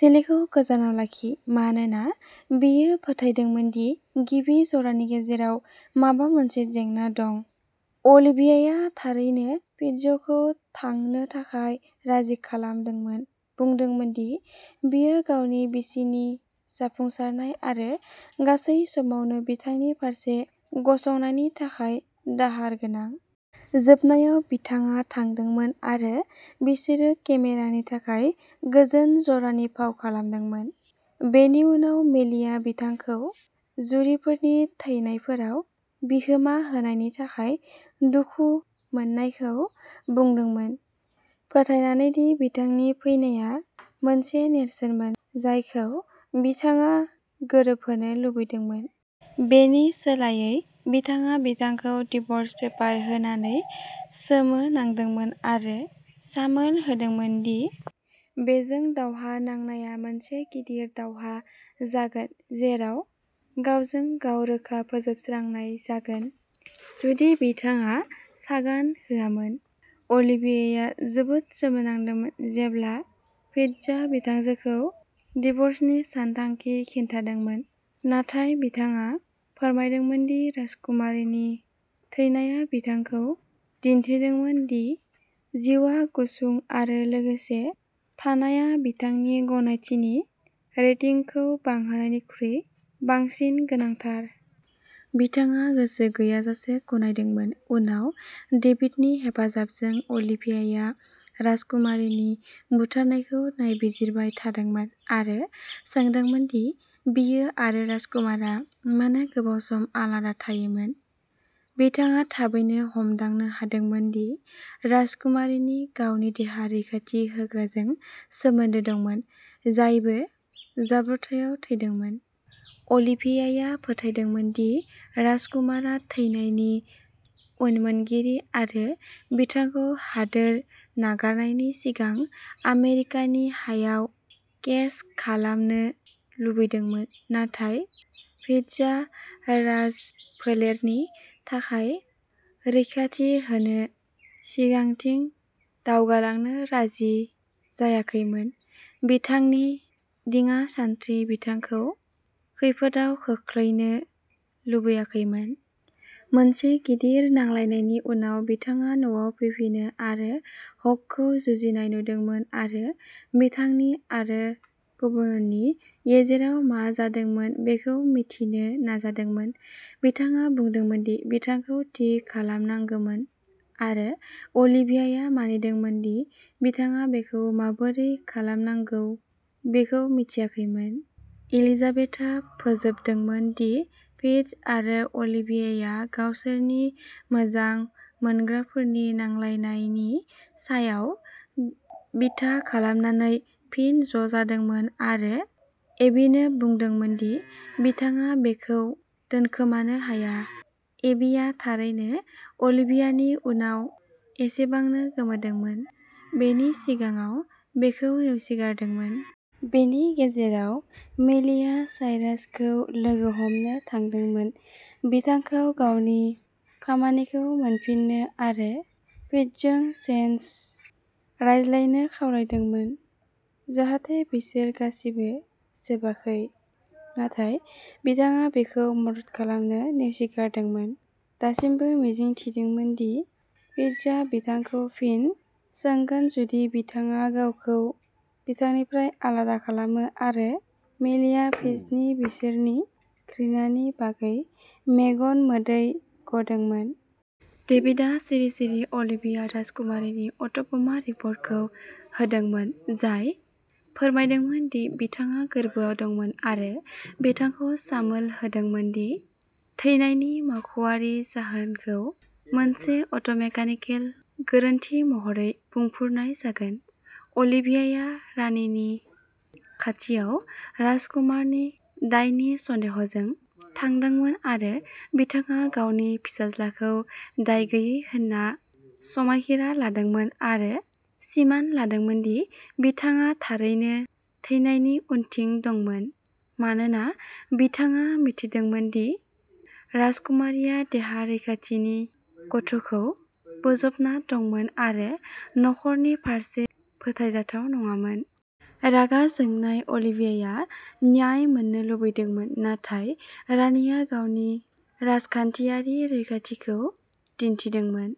सेलिखौ गोजानाव लाखि मानोना बियो फोथायदोंमोन दि गिबि जरानि गेजेराव माबा मोनसे जेंना दं। अलिभियाया थारैनो फिट्जखौ थांनो थाखाय राजि खालामदोंमोन बुंदोंमोन दि बियो गावनि बिसिनि जाफुंसारनाय आरो गासै समावनो बिथांनि फारसे गसंनायनि थाखाय "दाहार गोनां"। जोबनायाव बिथाङा थांदोंमोन आरो बिसोरो केमेरानि थाखाय गोजोन जरानि फाव खालामदोंमोन। बेनि उनाव मेलिआ बिथांखौ जुरीफोरनि थैनायफोराव बिहोमा होनायनि थाखाय दुखु मोन्नायखौ बुंदोंमोन फोथायनानै दि बिथांनि फैनाया मोनसे नेरसोनमोन जायखौ बिथाङा गोरोबहोनो लुबैदोंमोन। बेनि सोलायै बिथाङा बिथांखौ डिव'र्स पेपार होनानै सोमोनांदोंमोन आरो सामोल होदोंमोन दि बेजों दावहा नांनाया मोनसे गिदिर दावहा जागोन जेराव "गावजों-गाव रोखा फोजोबस्रांनाय" जागोन जुदि बिथाङा सागान होआमोन। अलिभियाया जोबोद सोमोनांदोंमोन जेब्ला फिट्जआ बिथांजोखौ डिव'र्सनि सानथांखि खिन्थादोंमोन नाथाय बिथाङा फोरमायदोंमोन दि राजकुमारीनि थैनाया बिथांखौ दिन्थिदोंमोन दि जिउआ गुसुं आरो लोगोसे थानाया बिथांनि गनायथि रेटिंखौ बांहोनायनिख्रुइ बांसिन गोनांथार। बिथाङा गोसो गैयाजासे गनायदोंमोन। उनाव डेभिडनि हेफाजाबजों अलिभियाया राजकुमारीनि बुथारनायखौ नायबिजिरबाय थादोंमोन आरो सोंदोंमोन दि बियो आरो राजकुमारआ मानो गोबां सम आलादा थादोंमोन। बिथाङा थाबैनो हमदांनो हादोंमोन दि राजकुमारीनि गावनि देहा रैखाथि होग्राजों सोमोन्दो दंमोन जायबो जाब्रबथायाव थैदोंमोन। अलिभियाया फोथायदोंमोन दि राजकुमारआ थैनायनि उनमोनगिरि आरो बिथांखौ हादोर नागारनायनि सिगां आमेरिकानि हायाव केस खालामनो लुबैदोंमोन नाथाय फिट्जआ राजफोलेरनि थाखाय रैखाथि होनो सिगांथिं दावगालांनो राजि जायाखैमोन बिथांनि दिङा सान्थ्रि बिथाखौ खैफोदआव खोख्लैनो लुबैयाखैमोन। मोनसे गिदिर नांलायनायनि उनाव बिथाङा न'आव फैफिनो आरो हाकखौ जुजिनाय नुदोंमोन आरो बिथांनि आरो गुबुननि गेजेराव मा जादोंमोन बेखौ मिथिनो नाजादोंमोन। बिथाङा बुंदोंमोन दि बिथांखौ "थि" खालामनांगौमोन आरो अलिभियाया मानिदोंमोन दि बिथाङा बेखौ माबोरै खालामनांगौ बेखौ मिथियाखैमोन। एलिजाबेथआ फोजोबदोंमोन दि फिट्ज आरो अलिभियाया गावसोरनि "मोजां मोनग्राफोरनि नांलायनाय" नि सायाव बिथा खालामनानै फिन ज'जादोंमोन आरो एबीनो बुंदोंमोन दि बिथाङा बेखौ दोनखोमानो हाया। एबीआ थारैनो अलिभियानि उनाव एसेबांनो गोमोदोंमोन। बेनि सिगाङाव बेखौ नेवसिगारदोंमोन। बेनि गेजेराव मेलिआ साइरासखौ लोगो हमनो थांदोंमोन बिथांखौ गावनि खामानिखौ मोनफिन्नो आरो फिट्जजों "सेन्स" रायज्लायनो खावलायदोंमोन जाहाथे बिसोर "गासिबो जोबाखै"। नाथाय बिथाङा बिखौ मदद खालामनो नेवसिगारदोंमोन दासिमबो मिजिं थिदोंमोन दि फिट्जआ बिथांखौ फिन सोंगोन जुदि बिथाङा गावखौ बिथांनिफ्राय आलादा खालामो आरो मेलिआ फिट्जनि बिसोरनि "घृणा" नि बागै मेगन मोदै गदोंमोन। डेभिडआ सिरि सिरि अलिभिया राजकुमारीनि अट'प'मा रिपर्टखौ होदोंमोन जाय फोरमायदोंमोन दि बिथाङा गोर्बोआव दंमोन आरो बिथांखौ सामोल होदोंमोन दि थैनायनि मावख'आरि जाहोनखौ मोनसे अट'मेकानिकेल गोरोन्थि महरै बुंफोरनाय जागोन। अलिभियाया रानीनि खाथियाव राजकुमारनि दायनि सन्देहजों थांदोंमोन आरो बिथाङा गावनि फिसाज्लाखौ दाय गैयै होन्ना समायखिरा लादोंमोन आरो सिमान लादोंमोन दि बिथाङा थारैनो थैनायनि उनथिं दंमोन मानोना बिथाङा मिथिदोंमोन दि राजकुमारीया देहा रैखाथिनि गथ'खौ बोजबना दंमोन आरो न'खरनि फारसे फोथायजाथाव नङामोन। रागा जोंनाय अलिभियाया "न्याय" मोन्नो लुबैदोंमोन नाथाय रानीया गावनि राजखानथियारि रैखाथिखौ दिन्थिदोंमोन।